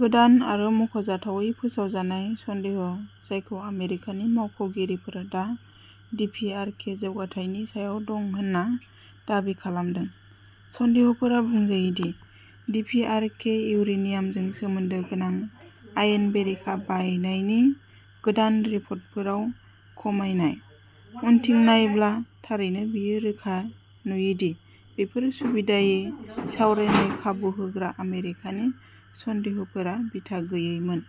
गोदान आरो मख'जाथावै फोसावजानाय “सन्देह" जायखौ आमेरिकानि मावख'गिरिफोरा दा डिपिआरके जौगाथायनि सायाव दं होनना दाबि खालामदों। सन्देहफोरा बुंजायो दि डिपिआरके इउरेनियामजों सोमोन्दो गोनां आयेन बेरेखा बायनायनि गोदान रिपर्टफोराव खमायनाय। उनथिं नायब्ला थारैनो बेयो रोखा नुयो दि बेफोर सुबिदायै सावरायनाय खाबु होग्रा आमेरिकानि "सन्देह" फोरा बिथा गैयैमोन।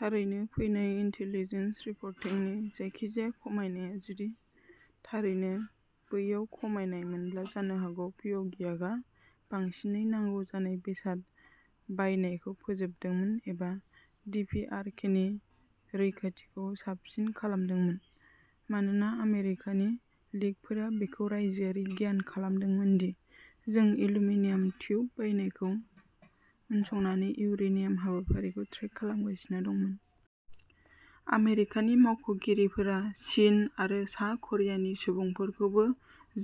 थारैनो फैनाय इनटेलिजेन्स रिपरटिंनि जायखिजाया खमायनाया जुदि थारैनो बैयाव खमायनायमोनब्ला जानो हागौ प्योंगयांगआ बांसिनै नांगौ जानाय बेसाद बायनायखौ फोजोबदोंमोन एबा डिपिआरकेनि रैखाथिखौ साबसिन खालामदोंमोन मानोना आमेरिकानि लिकफोरा बेखौ रायजोआरि गियान खालामदोंमोन दि जों एल्युमिनियाम टिउब बायनायखौ उनसंनानै इउरेनियाम हाबाफारिखौ ट्रेक खालामगासिनो दंमोन। आमेरिकानि मावख'गिरिफोरा चीन आरो सा-करियानि सुबुंफोरखौबो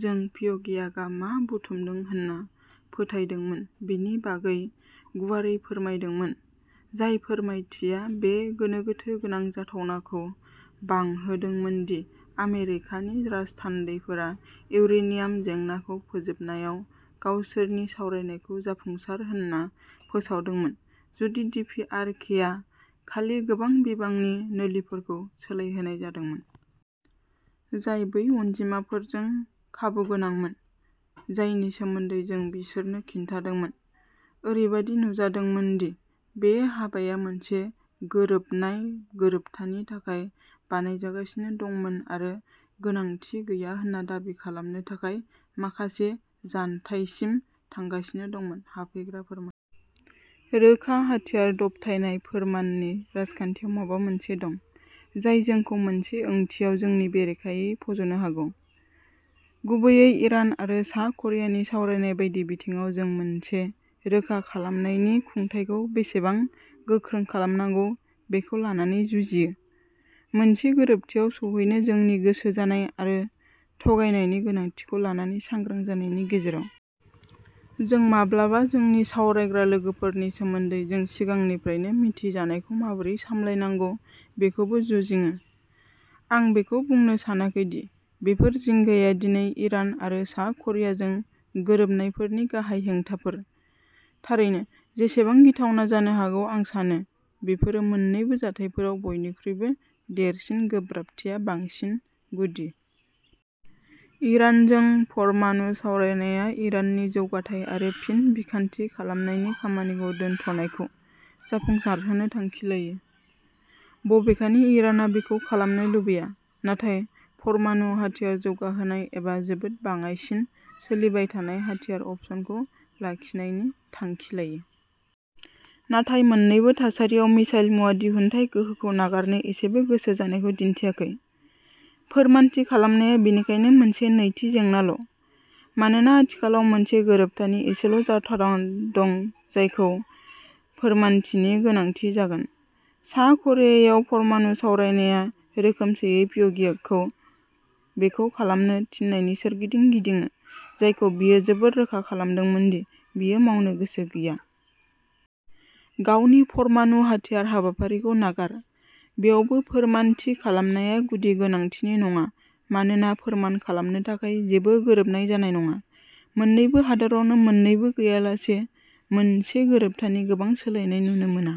जों प्योगियांगआ मा बुथुमदों होनना फोथायदोंमोन बेनि बागै गुवारै फोरमायदोंमोन। जाय फोरमायथिया बे गोनो गोथो गोनां जाथावनाखौ बांहोदोंमोन दि आमेरिकानि राजथान्दैफोरा इउरेनियाम जेंनाखौ फोजोबनायाव गावसोरनि सावरायनायखौ "जाफुंसार" होनना फोसावदोंमोन जुदि डिपिआरकेआ खालि गोबां बिबांनि नोलिफोरखौ सोलायहोनाय जादोंमोन। जाय बै अनजिमाफोरजों खाबुगोनांमोन। जायनि सोमोन्दै जों बिसोरनो खिन्थादोंमोन। ओरैबायदि नुजादोंमोन दि बे हाबाया मोनसे गोरोबनाय गोरोबथानि थाखाय बानायजागासिनो दंमोन आरो गोनांथि गैया होनना दाबि खालामनो थाखाय माखासे जानथायसिम थांगासिनो दंमोन। हाबफैग्रा फोरमा -- रोखा हाथियार दबथायनाय फोरमाननि राजखान्थियाव माबा मोनसे दं । जाय जोंखौ मोनसे ओंथियाव जोंनि बेरेखायै फज'नो हागौ। गुबैयै इरान आरो सा क'रियानि सावरायनाय बायदि बिथिङाव जों मोनसे रोखा खालामनायनि खुंथाइखौ बेसेबां गोख्रों खालामनांगौ बेखौ लानानै जुजियो, मोनसे गोरोबथियाव सौहैनो जोंनि गोसो जानाय आरो थगायनायनि गोनांथिखौ लानानै सांग्रां जानायनि गेजेराव। जों माब्लाबा जोंनि सावरायग्रा लोगोफोरनि सोमोन्दै जों सिगांनिफ्रायनो मिनथि जानायखौ माबोरै सामलायनांगौ बेखौबो जुजिङो। आं बेखौ बुंनो सानाखै दि बेफोर जिंगाया दिनै इरान आरो सा क'रियाजों गोरोबनायफोरनि गाहाय हेंथाफोर। थारैनो, जेसेबां गिथावना जानो हागौ आं सानो बेफोरो मोननैबो जाथायफोराव बयनिख्रुइबो देरसिन गोब्राबथिया बांसिन गुदि। इरानजों परमाणु सावरायनाया इराननि जौगाथाय आरो फिन बिखान्थि खालामनायनि खामानिखौ दोनथ'नायखौ जाफुंसारहोनो थांखि लायो। बबेखानि इरानआ बेखौ खालामनो लुबैया। नाथाय परमाणु हाथियार जौगाहोनाय एबा जोबोद बाङाइसिन सोलिबाय थानाय हाथियार "अपसन" खौ लाखिनायनि थांखि लायो। नाथाय मोननैबो थासारियाव मिसाइल मुवा दिहुनथाय गोहोखौ नागारनो एसेबो गोसो जानायखौ दिन्थियाखै। फोरमानथि खालामनाया बेनिखायनो मोनसे नैथि जेंनाल'। मानोना आथिखालाव मोनसे गोरोबथानि एसेल' जाथारन दं जायखौ फोरमानथिनि गोनांथि जागोन। सा करियायाव परमाणु सावरायनाया रोखोमसेयै प्यिगियगखौ बेखौ खालामनो थिननायनि सोरगिदिं गिदिङो जायखौ बियो जोबोद रोखा खालामदोंमोन दि बियो मावनो गोसो गैया। गावनि परमाणु हाथियार हाबाफारिखौ नागार। बेयावबो फोरमानथि खालामनाया गुदि गोनांथिनि नङा मानोना फोरमान खालामनो थाखाय जेबो गोरोबनाय जानाय नङा। मोननैबो हादोरावनो मोननैबो गैयालासे मोनसे गोरोबथानि गोबां सोलायनाय नुनो मोना।